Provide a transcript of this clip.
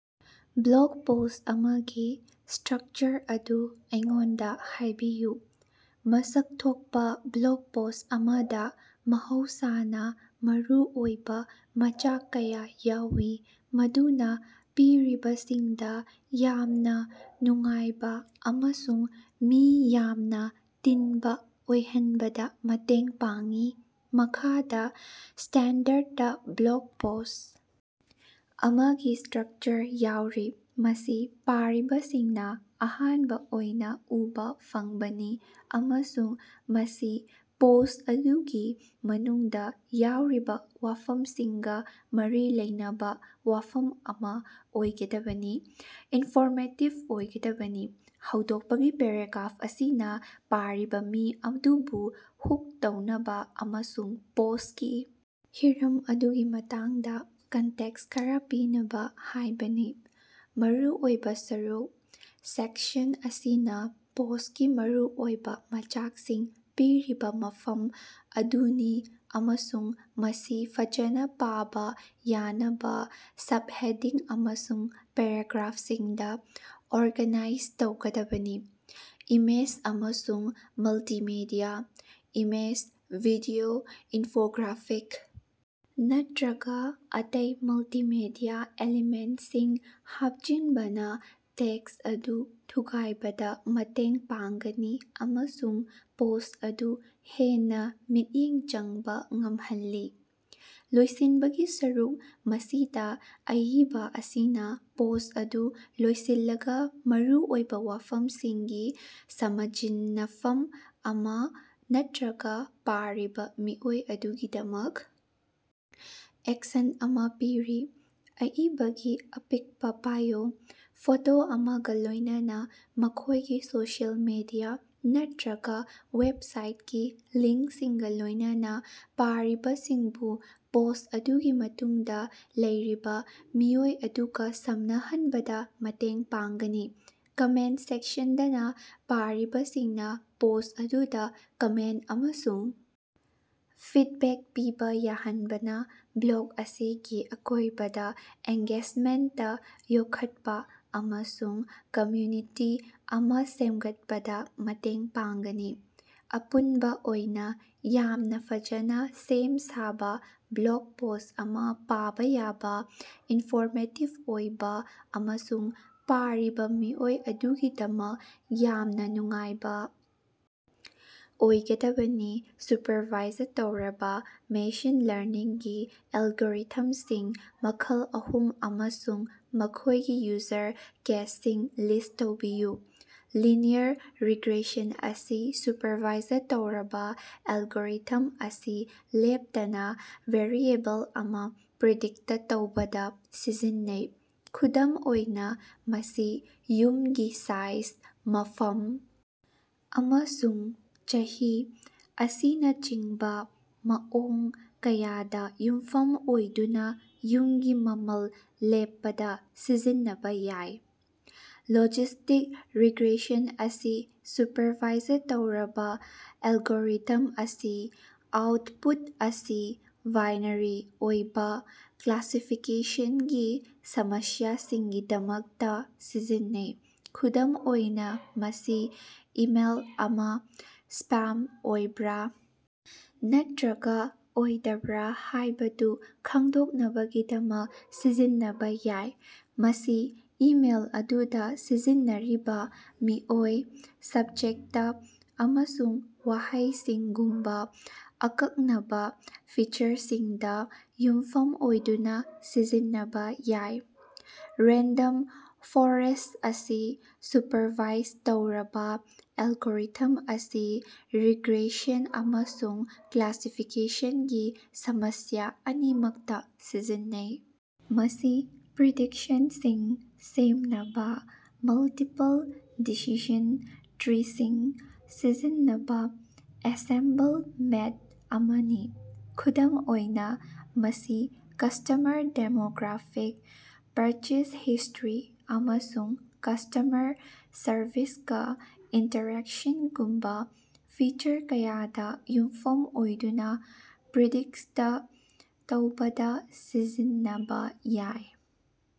Block post ꯑꯃꯒꯤ structure ꯑꯗꯨ ꯑꯩꯉꯣꯟꯗꯥ ꯍꯥꯏꯕꯤꯌꯨ꯫ ꯃꯁꯛ ꯊꯣꯛꯄꯥ ꯕ꯭ꯂꯣꯛ ꯄꯣꯁ ꯑꯃꯗꯥ ꯃꯍꯧꯁꯥꯅꯥ ꯃꯔꯨ ꯑꯣꯏꯕꯥ ꯃꯆꯥꯛ ꯀꯌꯥ ꯌꯥꯎꯏ ꯃꯗꯨꯅꯥ ꯄꯥꯔꯤꯕꯁꯤꯡꯗꯥ ꯌꯥꯝꯅꯥ ꯅꯨꯡꯉꯥꯏꯕꯥ ꯑꯃꯁꯨꯡ ꯃꯤ ꯌꯥꯝꯅꯥ ꯇꯤꯟꯕꯥ ꯑꯣꯏꯍꯟꯕꯗꯥ ꯃꯇꯦꯡ ꯄꯥꯡꯏ꯫ ꯃꯈꯥꯗꯥ ꯁ꯭ꯇꯦꯟꯗꯔꯗ ꯕ꯭ꯂꯣꯛ ꯄꯣꯁ ꯑꯃꯒꯤ ꯏꯁꯇ꯭ꯔꯛꯆꯔ ꯌꯥꯎꯔꯤ꯫ ꯃꯁꯤ ꯄꯥꯔꯤꯕꯁꯤꯡꯅꯥ ꯑꯍꯥꯟꯕꯥ ꯑꯣꯏꯅꯥ ꯎꯕꯥ ꯐꯪꯕꯅꯤ ꯑꯃꯁꯨꯡ ꯃꯁꯤ ꯄꯣꯁ ꯑꯗꯨꯒꯤ ꯃꯅꯨꯡꯗꯥ ꯌꯥꯎꯔꯤꯕꯥ ꯋꯥꯐꯝꯁꯤꯡꯒꯥ ꯃꯔꯤ ꯂꯩꯅꯕꯥ ꯋꯥꯐꯝ ꯑꯃꯥ ꯑꯣꯏꯒꯗꯕꯅꯤ, ꯏꯟꯐꯣꯔꯃꯦꯇꯤꯞ ꯑꯣꯏꯒꯗꯕꯅꯤ꯫ ꯍꯧꯗꯣꯛꯄꯒꯤ ꯄꯦꯔꯥꯒ꯭ꯔꯥꯐ ꯑꯁꯤꯅꯥ ꯄꯥꯔꯤꯕꯥ ꯃꯤ ꯑꯗꯨꯕꯨ ꯍꯨꯛ ꯇꯧꯅꯕꯥ ꯑꯃꯁꯨꯡ ꯄꯣꯁꯀꯤ ꯍꯤꯔꯝ ꯑꯗꯨꯒꯤ ꯃꯇꯥꯡꯗꯥ ꯀꯟꯇꯦꯛꯁ ꯈꯔꯥ ꯄꯤꯅꯕꯥ ꯍꯥꯏꯕꯅꯤ꯫ ꯃꯔꯨ ꯑꯣꯏꯕꯥ ꯁꯔꯨꯛ ,ꯁꯦꯛꯁꯟ ꯑꯁꯤꯅꯥ ꯄꯣꯁꯀꯤ ꯃꯔꯨꯑꯣꯏꯕꯥ ꯃꯆꯥꯛꯁꯤꯡ ꯄꯤꯔꯤꯕꯥ ꯃꯐꯝ ꯑꯗꯨꯅꯤꯑꯃꯁꯨꯡ ꯃꯁꯤ ꯐꯖꯅꯥ ꯄꯥꯕꯥ ꯌꯥꯅꯕꯥ ꯁꯞꯍꯦꯗꯤꯡ ꯑꯃꯁꯨꯡ ꯄꯦꯔꯥꯒ꯭ꯔꯥꯐꯁꯤꯡꯗꯥ ꯑꯣꯔꯒꯥꯅꯥꯏꯖ ꯇꯧꯒꯗꯕꯅꯤ꯫ ꯏꯃꯦꯖ ꯑꯃꯁꯨꯡ ꯃꯜꯇꯤꯃꯦꯗꯤꯌꯥ: ꯏꯃꯦꯖ, ꯚꯤꯗꯤꯑꯣ, ꯏꯟꯐꯣꯒ꯭ꯔꯥꯐꯤꯛ ꯅꯠꯇ꯭ꯔꯒ ꯑꯇꯩ ꯃꯜꯇꯤꯃꯦꯗꯤꯌꯥ ꯑꯦꯂꯤꯃꯦꯟꯇꯁꯤꯡ ꯍꯥꯞꯆꯤꯟꯕꯅꯥ ꯇꯦꯛꯁ ꯑꯗꯨ ꯊꯨꯒꯥꯏꯕꯗꯥ ꯃꯇꯦꯡ ꯄꯥꯡꯒꯅꯤ ꯑꯃꯁꯨꯡ ꯄꯣꯁ ꯑꯗꯨ ꯍꯦꯟꯅꯥ ꯃꯤꯠꯌꯦꯡ ꯆꯪꯕꯥ ꯉꯝꯍꯜꯂꯤ꯫ ꯂꯣꯏꯁꯤꯟꯕꯒꯤ ꯁꯔꯨꯛ, ꯃꯁꯤꯗꯥ ꯑꯏꯕꯥ ꯑꯁꯤꯅꯥ ꯄꯣꯁ ꯑꯗꯨ ꯂꯣꯏꯁꯤꯜꯂꯒꯥ ꯃꯔꯨ ꯑꯣꯏꯕꯥ ꯋꯥꯐꯝꯁꯤꯡꯒꯤ ꯁꯃꯖꯤꯟꯅꯐꯝ ꯑꯃꯥ ꯅꯠꯇ꯭ꯔꯒꯥ ꯄꯥꯔꯤꯕꯥ ꯃꯤꯑꯣꯏ ꯑꯗꯨꯒꯤꯗꯃꯛ ꯑꯦꯛꯁꯟ ꯑꯃꯥ ꯄꯤꯔꯤ꯫ ꯑꯏꯕꯒꯤ ꯑꯄꯤꯛꯄꯥ ꯕꯥꯏꯑꯣ, ꯐꯣꯇꯣ ꯑꯃꯒꯥ ꯂꯣꯏꯅꯅꯥ ꯃꯈꯣꯏꯒꯤ ꯁꯣꯁꯤꯑꯦꯜ ꯃꯤꯗꯤꯌꯥ ꯅꯠꯇ꯭ꯔꯒꯥ ꯋꯦꯞꯁꯥꯏꯠꯀꯤ ꯂꯤꯡꯁꯤꯡꯒꯥ ꯂꯣꯏꯅꯅꯥ ꯄꯥꯔꯤꯕꯁꯤꯡꯕꯨ ꯄꯣꯁ ꯑꯗꯨꯒꯤ ꯃꯇꯨꯡꯗꯥ ꯂꯩꯔꯤꯕꯥ ꯃꯤꯑꯣꯏ ꯑꯗꯨꯒꯥ ꯁꯝꯅꯍꯟꯕꯗꯥ ꯃꯇꯦꯡ ꯄꯥꯡꯒꯅꯤ꯫ ꯀꯃꯦꯟ ꯁꯦꯛꯁꯟꯗꯅꯥ ꯄꯥꯔꯤꯕꯁꯤꯡꯅꯥ ꯄꯣꯁ ꯑꯗꯨꯗꯥ ꯀꯃꯦꯟ ꯑꯃꯁꯨꯡ ꯐꯤꯠꯕꯦꯛ ꯄꯤꯕꯥ ꯌꯥꯍꯟꯕꯅꯥ ꯕ꯭ꯂꯣꯛ ꯑꯁꯤꯒꯤ ꯑꯀꯣꯏꯕꯗꯥ ꯑꯦꯡꯒꯦꯖꯃꯦꯟꯇ ꯌꯣꯛꯈꯠꯄꯥ ꯑꯃꯁꯨꯡ ꯀꯝꯃ꯭ꯌꯨꯅꯤꯇꯤ ꯑꯃꯥ ꯁꯦꯝꯒꯠꯄꯗꯥ ꯃꯇꯦꯡ ꯄꯥꯡꯒꯅꯤ꯫ ꯑꯄꯨꯟꯕꯥ ꯑꯣꯏꯅꯥ, ꯌꯥꯝꯅꯥ ꯐꯖꯅꯥ ꯁꯦꯝ ꯁꯥꯕꯥ ꯕ꯭ꯂꯣꯛ ꯄꯣꯁ ꯑꯃꯥ ꯄꯥꯕꯥ ꯌꯥꯕꯥ, ꯏꯟꯐꯣꯔꯃꯦꯇꯤꯕ ꯑꯣꯏꯕꯥ ꯑꯃꯁꯨꯡ ꯄꯥꯔꯤꯕꯥ ꯃꯤꯑꯣꯏ ꯑꯗꯨꯒꯤꯗꯃꯛ ꯌꯥꯝꯅꯥ ꯅꯨꯡꯉꯥꯏꯕꯥ ꯑꯣꯏꯒꯗꯕꯅꯤ꯫ ꯁꯨꯄꯔꯚꯥꯏꯖ ꯇꯧꯔꯕꯥ ꯃꯦꯁꯤꯟ ꯂꯥꯔꯅꯤꯡꯒꯤ ꯑꯦꯜꯒꯣꯔꯤꯊꯝꯁꯤꯡ ꯃꯈꯜ ꯑꯍꯨꯝ ꯑꯃꯁꯨꯡ ꯃꯈꯣꯏꯒꯤ ꯌꯨꯖꯔ ꯀꯦꯁꯁꯤꯡ ꯂꯤꯁ ꯇꯧꯕꯤꯌꯨ꯫ ꯂꯤꯅꯤꯌꯔ ꯔꯤꯒ꯭ꯔꯦꯁꯟ ꯑꯁꯤ ꯁꯨꯄꯔꯚꯥꯏꯖ ꯇꯧꯔꯕꯥ ꯑꯦꯜꯒꯣꯔꯤꯊꯝ ꯑꯁꯤ ꯂꯦꯞꯇꯅꯥ ꯚꯦꯔꯤꯑꯦꯕꯜ ꯑꯃꯥ ꯄ꯭ꯔꯤꯗꯤꯛꯇ ꯇꯧꯕꯗꯥ ꯁꯤꯖꯤꯟꯅꯩ꯫ ꯈꯨꯗꯝ ꯑꯣꯏꯅꯥ, ꯃꯁꯤ ꯌꯨꯝꯒꯤ ꯁꯥꯏꯖ, ꯃꯐꯝ, ꯑꯃꯁꯨꯡ ꯆꯍꯤ ꯑꯁꯤꯅꯆꯤꯡꯕꯥ ꯃꯑꯣꯡ ꯀꯌꯥꯗꯥ ꯌꯨꯝꯐꯝ ꯑꯣꯏꯗꯨꯅꯥ ꯌꯨꯝꯒꯤ ꯃꯃꯜ ꯂꯦꯞꯄꯗꯥ ꯁꯤꯖꯤꯟꯅꯕꯥ ꯌꯥꯏ꯫ ꯂꯣꯖꯤꯁꯇꯤꯛ ꯔꯤꯒ꯭ꯔꯦꯁꯟ ꯑꯁꯤ ꯁꯨꯄꯔꯚꯥꯏꯖ ꯇꯧꯔꯕꯥ ꯑꯦꯜꯒꯣꯔꯤꯊꯝ ꯑꯁꯤ ꯑꯥꯎꯠꯄꯨꯠ ꯑꯁꯤ ꯕꯥꯏꯅꯥꯔꯤ ꯑꯣꯏꯕꯥ ꯀ꯭ꯂꯥꯁꯤꯐꯤꯀꯦꯁꯟꯒꯤ ꯁꯃꯁ꯭ꯌꯥꯁꯤꯡꯒꯤꯗꯃꯛꯇꯥ ꯁꯤꯖꯤꯟꯅꯩ꯫ ꯈꯨꯗꯝ ꯑꯣꯏꯅꯥ, ꯃꯁꯤ ꯏꯃꯦꯜ ꯑꯃꯥ ꯁ꯭ꯄꯥꯝ ꯑꯣꯏꯕ꯭ꯔꯥ ꯅꯠꯇ꯭ꯔꯒꯥ ꯑꯣꯏꯗꯕ꯭ꯔꯥ ꯍꯥꯏꯕꯗꯨ ꯈꯪꯗꯣꯛꯅꯕꯒꯤꯗꯃꯛ ꯁꯤꯖꯤꯟꯅꯕꯥ ꯌꯥꯏ, ꯃꯁꯤ ꯏꯃꯦꯜ ꯑꯗꯨꯗꯥ ꯁꯤꯖꯤꯟꯅꯔꯤꯕꯥ ꯃꯤꯑꯣꯏ, ꯁꯕꯖꯦꯛꯇ ꯑꯃꯁꯨꯡ ꯋꯥꯍꯩꯁꯤꯡꯒꯨꯝꯕꯥ ꯑꯀꯛꯅꯕꯥ ꯐꯤꯆꯔꯁꯤꯡꯗꯥ ꯌꯨꯝꯐꯝ ꯑꯣꯏꯗꯨꯅꯥ ꯁꯤꯖꯤꯟꯅꯕꯥ ꯌꯥꯏ꯫ ꯔꯦꯟꯗꯝ ꯐꯣꯔꯦꯁ ꯑꯁꯤ ꯁꯨꯄꯔꯚꯥꯏꯖ ꯇꯧꯔꯕꯥ ꯑꯦꯜꯒꯣꯔꯤꯊꯝ ꯑꯁꯤ ꯔꯤꯒ꯭ꯔꯦꯁꯟ ꯑꯃꯁꯨꯡ ꯀ꯭ꯂꯥꯁꯤꯐꯤꯀꯦꯁꯟꯒꯤ ꯁꯃꯁ꯭ꯌꯥ ꯑꯅꯤꯃꯛꯇꯥ ꯁꯤꯖꯤꯟꯅꯩ꯫ ꯃꯁꯤ ꯄ꯭ꯔꯤꯗꯤꯛꯁꯟꯁꯤꯡ ꯁꯦꯝꯅꯕꯥ ꯃꯜꯇꯤꯄꯜ ꯗꯤꯁꯤꯖꯟ ꯇ꯭ꯔꯤꯁꯤꯡ ꯁꯤꯖꯤꯟꯅꯕꯥ ꯑꯦꯟꯁꯦꯝꯕꯜ ꯃꯦꯠ ꯑꯃꯅꯤ꯫ ꯈꯨꯗꯝ ꯑꯣꯏꯅꯥ, ꯃꯁꯤ ꯀꯁ꯭ꯇꯃꯔ ꯗꯦꯃꯣꯒ꯭ꯔꯥꯐꯤꯛ, ꯄꯔꯆꯦꯖ ꯍꯤꯁꯇ꯭ꯔꯤ ꯑꯃꯁꯨꯡ ꯀꯁ꯭ꯇꯃꯔ ꯁꯔꯚꯤꯁꯀꯥ ꯏꯟꯇꯔꯦꯛꯁꯟꯒꯨꯝꯕꯥ ꯐꯤꯆꯔ ꯀꯌꯥꯗꯥ ꯌꯨꯝꯐꯝ ꯑꯣꯏꯗꯨꯅꯥ ꯄ꯭ꯔꯤꯗꯤꯛꯇ ꯇꯧꯕꯗꯥ ꯁꯤꯖꯤꯟꯅꯕꯥ ꯌꯥꯏ꯫